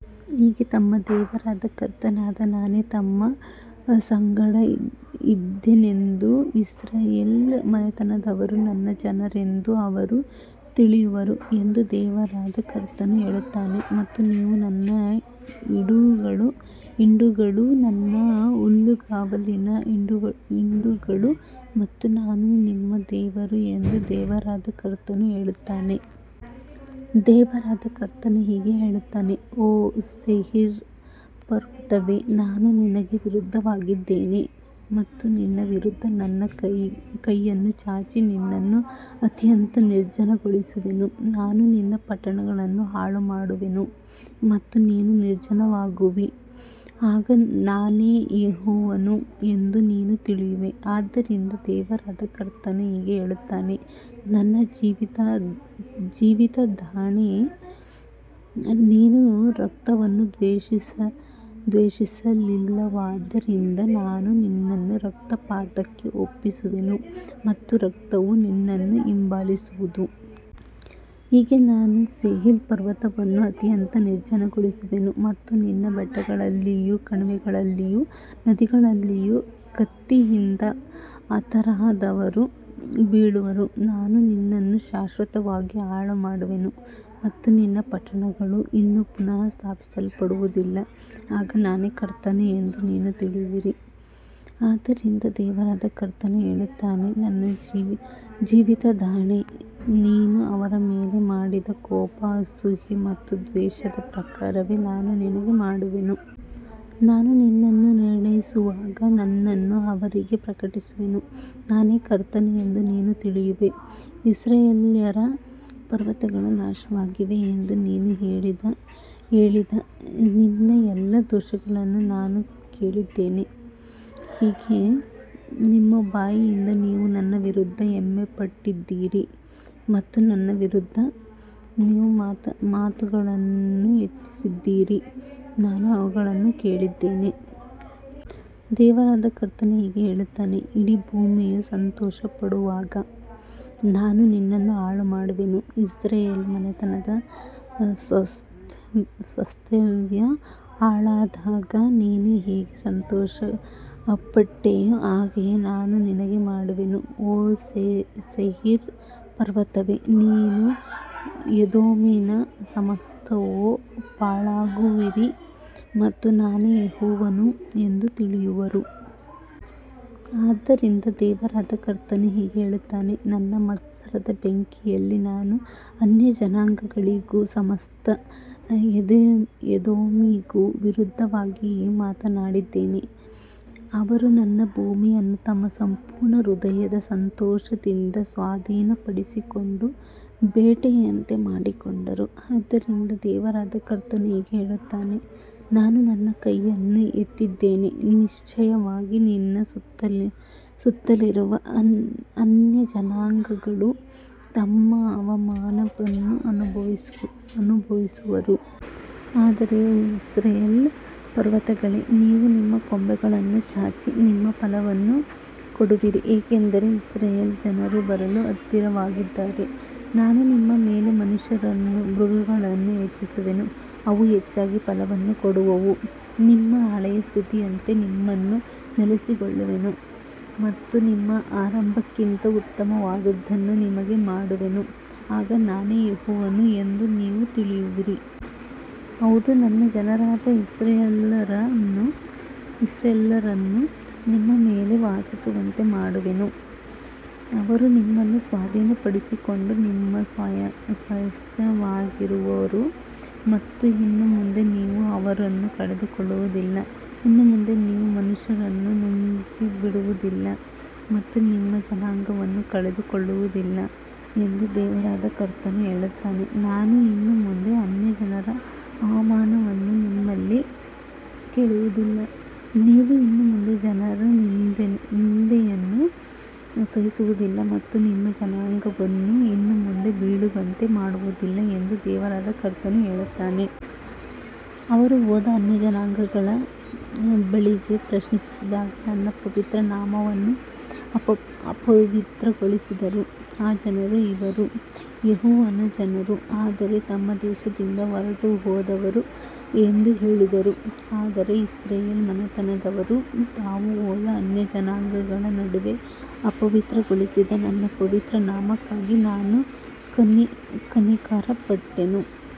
ಹೀಗೆ ತಮ್ಮ ದೇವರಾದ ಕರ್ತನಾದ ನಾನೇ ತಮ್ಮ ಸಂಗಡ ಇದ್ದೇನೆಂದೂ ಇಸ್ರಾಯೇಲ್ ಮನೆತನದವರೂ ನನ್ನ ಜನರೆಂದೂ ಅವರು ತಿಳಿಯುವರು ಎಂದು ದೇವರಾದ ಕರ್ತನು ಹೇಳುತ್ತಾನೆ. ಮತ್ತು ನೀವು ನನ್ನ ಹಿಂಡುಗಳು, ನನ್ನ ಹುಲ್ಲುಗಾವಲಿನ ಹಿಂಡುಗಳು ಮತ್ತು ನಾನು ನಿಮ್ಮ ದೇವರು ಎಂದು ದೇವರಾದ ಕರ್ತನು ಹೇಳುತ್ತಾನೆ. ದೇವರಾದ ಕರ್ತನು ಹೀಗೆ ಹೇಳುತ್ತಾನೆ, ಓ ಸೇಯಿರ್ ಪರ್ವತವೇ, ನಾನು ನಿನಗೆ ವಿರುದ್ಧವಾಗಿದ್ದೇನೆ ಮತ್ತು ನಿನ್ನ ವಿರುದ್ಧ ನನ್ನ ಕೈಯನ್ನು ಚಾಚಿ ನಿನ್ನನ್ನು ಅತ್ಯಂತ ನಿರ್ಜನಗೊಳಿಸುವೆನು. ನಾನು ನಿನ್ನ ಪಟ್ಟಣಗಳನ್ನು ಹಾಳುಮಾಡುವೆನು ಮತ್ತು ನೀನು ನಿರ್ಜನವಾಗುವಿ, ಆಗ ನಾನೇ ಯೆಹೋವನು ಎಂದು ನೀನು ತಿಳಿಯುವೆ. ಆದ್ದರಿಂದ ದೇವರಾದ ಕರ್ತನು ಹೀಗೆ ಹೇಳುತ್ತಾನೆ, ನನ್ನ ಜೀವಿತದಾಣೆ, ನೀನು ರಕ್ತವನ್ನು ದ್ವೇಷಿಸಲಿಲ್ಲವಾದ್ದರಿಂದ ನಾನು ನಿನ್ನನ್ನು ರಕ್ತಪಾತಕ್ಕೆ ಒಪ್ಪಿಸುವೆನು ಮತ್ತು ರಕ್ತವು ನಿನ್ನನ್ನು ಹಿಂಬಾಲಿಸುವುದು. ಹೀಗೆ ನಾನು ಸೇಯಿರ್ ಪರ್ವತವನ್ನು ಅತ್ಯಂತ ನಿರ್ಜನಗೊಳಿಸುವೆನು ಮತ್ತು ನಿನ್ನ ಬೆಟ್ಟಗಳಲ್ಲಿಯೂ ಕಣಿವೆಗಳಲ್ಲಿಯೂ ನದಿಗಳಲ್ಲಿಯೂ ಕತ್ತಿಯಿಂದ ಹತರಾದವರು ಬೀಳುವರು. ನಾನು ನಿನ್ನನ್ನು ಶಾಶ್ವತವಾಗಿ ಹಾಳುಮಾಡುವೆನು ಮತ್ತು ನಿನ್ನ ಪಟ್ಟಣಗಳು ಇನ್ನು ಪುನಃ ಸ್ಥಾಪಿಸಲ್ಪಡುವುದಿಲ್ಲ, ಆಗ ನಾನೇ ಕರ್ತನು ಎಂದು ನೀವು ತಿಳಿಯುವಿರಿ. ಆದ್ದರಿಂದ ದೇವರಾದ ಕರ್ತನು ಹೇಳುತ್ತಾನೆ, ನನ್ನ ಜೀವಿತದಾಣೆ, ನೀನು ಅವರ ಮೇಲೆ ಮಾಡಿದ ಕೋಪ, ಅಸೂಯೆ ಮತ್ತು ದ್ವೇಷದ ಪ್ರಕಾರವೇ ನಾನು ನಿನಗೆ ಮಾಡುವೆನು. ನಾನು ನಿನ್ನನ್ನು ನಿರ್ಣಯಿಸುವಾಗ ನನ್ನನ್ನು ಅವರಿಗೆ ಪ್ರಕಟಿಸುವೆನು. ನಾನೇ ಕರ್ತನು ಎಂದು ನೀನು ತಿಳಿಯುವೆ. ಇಸ್ರಾಯೇಲ್ಯರ ಪರ್ವತಗಳು ನಾಶವಾಗಿವೆ ಎಂದು ನೀನು ಹೇಳಿದ ನಿನ್ನ ಎಲ್ಲಾ ದೂಷಣೆಗಳನ್ನು ನಾನು ಕೇಳಿದ್ದೇನೆ. ಹೀಗೆ ನಿಮ್ಮ ಬಾಯಿಂದ ನೀವು ನನ್ನ ವಿರುದ್ಧ ಹೆಮ್ಮೆಪಟ್ಟಿದ್ದೀರಿ ಮತ್ತು ನನ್ನ ವಿರುದ್ಧ ನಿಮ್ಮ ಮಾತುಗಳನ್ನು ಹೆಚ್ಚಿಸಿದ್ದೀರಿ, ನಾನು ಅವುಗಳನ್ನು ಕೇಳಿದ್ದೇನೆ. ದೇವರಾದ ಕರ್ತನು ಹೀಗೆ ಹೇಳುತ್ತಾನೆ, ಇಡೀ ಭೂಮಿಯು ಸಂತೋಷಪಡುವಾಗ ನಾನು ನಿನ್ನನ್ನು ಹಾಳುಮಾಡುವೆನು. ಇಸ್ರಾಯೇಲ್ ಮನೆತನದ ಸ್ವಾಸ್ತ್ಯವು ಹಾಳಾದಾಗ ನೀನು ಹೇಗೆ ಸಂತೋಷಪಟ್ಟೆಯೋ ಹಾಗೆಯೇ ನಾನು ನಿನಗೆ ಮಾಡುವೆನು. ಓ ಸೇಯಿರ್ ಪರ್ವತವೇ, ನೀನೂ ಎದೋಮಿನ ಸಮಸ್ತವೂ ಪಾಳಾಗುವಿರಿ ಮತ್ತು ನಾನೇ ಯೆಹೋವನು ಎಂದು ತಿಳಿಯುವರು. ಆದ್ದರಿಂದ ದೇವರಾದ ಕರ್ತನು ಹೀಗೆ ಹೇಳುತ್ತಾನೆ, ನನ್ನ ಮತ್ಸರದ ಬೆಂಕಿಯಲ್ಲಿ ನಾನು ಅನ್ಯಜನಾಂಗಗಳಿಗೂ ಸಮಸ್ತ ಎದೋಮಿಗೂ ವಿರುದ್ಧವಾಗಿ ಮಾತನಾಡಿದ್ದೇನೆ. ಅವರು ನನ್ನ ಭೂಮಿಯನ್ನು ತಮ್ಮ ಸಂಪೂರ್ಣ ಹೃದಯದ ಸಂತೋಷದಿಂದ ಸ್ವಾಧೀನಪಡಿಸಿಕೊಂಡು ಬೇಟೆಯಂತೆ ಮಾಡಿಕೊಂಡರು. ಆದ್ದರಿಂದ ದೇವರಾದ ಕರ್ತನು ಹೀಗೆ ಹೇಳುತ್ತಾನೆ, ನಾನು ನನ್ನ ಕೈಯನ್ನು ಎತ್ತಿದ್ದೇನೆ, ನಿಶ್ಚಯವಾಗಿ ನಿನ್ನ ಸುತ್ತಲಿರುವ ಅನ್ಯಜನಾಂಗಗಳು ತಮ್ಮ ಅವಮಾನವನ್ನು ಅನುಭವಿಸುವರು. ಆದರೆ ಓ ಇಸ್ರಾಯೇಲ್ ಪರ್ವತಗಳೇ, ನೀವು ನಿಮ್ಮ ಕೊಂಬೆಗಳನ್ನು ಚಾಚಿ ನಿಮ್ಮ ಫಲವನ್ನು ಕೊಡುವಿರಿ, ಏಕೆಂದರೆ ಇಸ್ರಾಯೇಲ್ ಜನರು ಬರಲು ಹತ್ತಿರವಾಗಿದ್ದಾರೆ. ನಾನು ನಿಮ್ಮ ಮೇಲೆ ಮನುಷ್ಯರನ್ನೂ ಮೃಗಗಳನ್ನೂ ಹೆಚ್ಚಿಸುವೆನು, ಅವು ಹೆಚ್ಚಾಗಿ ಫಲವನ್ನು ಕೊಡುವವು. ನಿಮ್ಮ ಹಳೆಯ ಸ್ಥಿತಿಯಂತೆ ನಿಮ್ಮನ್ನು ನೆಲೆಗೊಳಿಸುವೆನು ಮತ್ತು ನಿಮ್ಮ ಆರಂಭಕ್ಕಿಂತ ಉತ್ತಮವಾದದ್ದನ್ನು ನಿಮಗೆ ಮಾಡುವೆನು, ಆಗ ನಾನೇ ಯೆಹೋವನು ಎಂದು ನೀವು ತಿಳಿಯುವಿರಿ. ಹೌದು, ನನ್ನ ಜನರಾದ ಇಸ್ರಾಯೇಲ್ಯರನ್ನು ನಿಮ್ಮ ಮೇಲೆ ವಾಸಿಸುವಂತೆ ಮಾಡುವೆನು. ಅವರು ನಿಮ್ಮನ್ನು ಸ್ವಾಧೀನಪಡಿಸಿಕೊಂಡು ನಿಮ್ಮ ಸ್ವಾಸ್ತ್ಯವಾಗಿರುವರು ಮತ್ತು ಇನ್ನು ಮುಂದೆ ನೀವು ಅವರನ್ನು ಕಳೆದುಕೊಳ್ಳುವುದಿಲ್ಲ. ಇನ್ನು ಮುಂದೆ ನೀವು ಮನುಷ್ಯರನ್ನು ನುಂಗಿಬಿಡುವುದಿಲ್ಲ ಮತ್ತು ನಿಮ್ಮ ಜನಾಂಗವನ್ನು ಕಳೆದುಕೊಳ್ಳುವುದಿಲ್ಲ ಎಂದು ದೇವರಾದ ಕರ್ತನು ಹೇಳುತ್ತಾನೆ. ನಾನು ಇನ್ನು ಮುಂದೆ ಅನ್ಯಜನರ ಅವಮಾನವನ್ನು ನಿಮ್ಮಲ್ಲಿ ಕೇಳಿಸುವುದಿಲ್ಲ, ನೀವು ಇನ್ನು ಮುಂದೆ ಜನರ ನಿಂದೆಯನ್ನು ಸಹಿಸುವುದಿಲ್ಲ ಮತ್ತು ನಿಮ್ಮ ಜನಾಂಗವನ್ನು ಇನ್ನು ಮುಂದೆ ಬೀಳುವಂತೆ ಮಾಡುವುದಿಲ್ಲ ಎಂದು ದೇವರಾದ ಕರ್ತನು ಹೇಳುತ್ತಾನೆ. ಅವರು ಹೋದ ಅನ್ಯಜನಾಂಗಗಳ ಬಳಿಗೆ ಪ್ರವೇಶಿಸಿದಾಗ ನನ್ನ ಪವಿತ್ರ ನಾಮವನ್ನು ಅಪವಿತ್ರಗೊಳಿಸಿದರು. ಆ ಜನರು, ಇವರು ಯೆಹೋವನ ಜನರು, ಆದರೆ ತಮ್ಮ ದೇಶದಿಂದ ಹೊರಟುಹೋದವರು ಎಂದು ಹೇಳಿದರು. ಆದರೆ ಇಸ್ರಾಯೇಲ್ ಮನೆತನದವರು ತಾವು ಹೋದ ಅನ್ಯಜನಾಂಗಗಳ ನಡುವೆ ಅಪವಿತ್ರಗೊಳಿಸಿದ ನನ್ನ ಪವಿತ್ರ ನಾಮಕ್ಕಾಗಿ ನಾನು ಕನಿಕರಪಟ್ಟೆನು.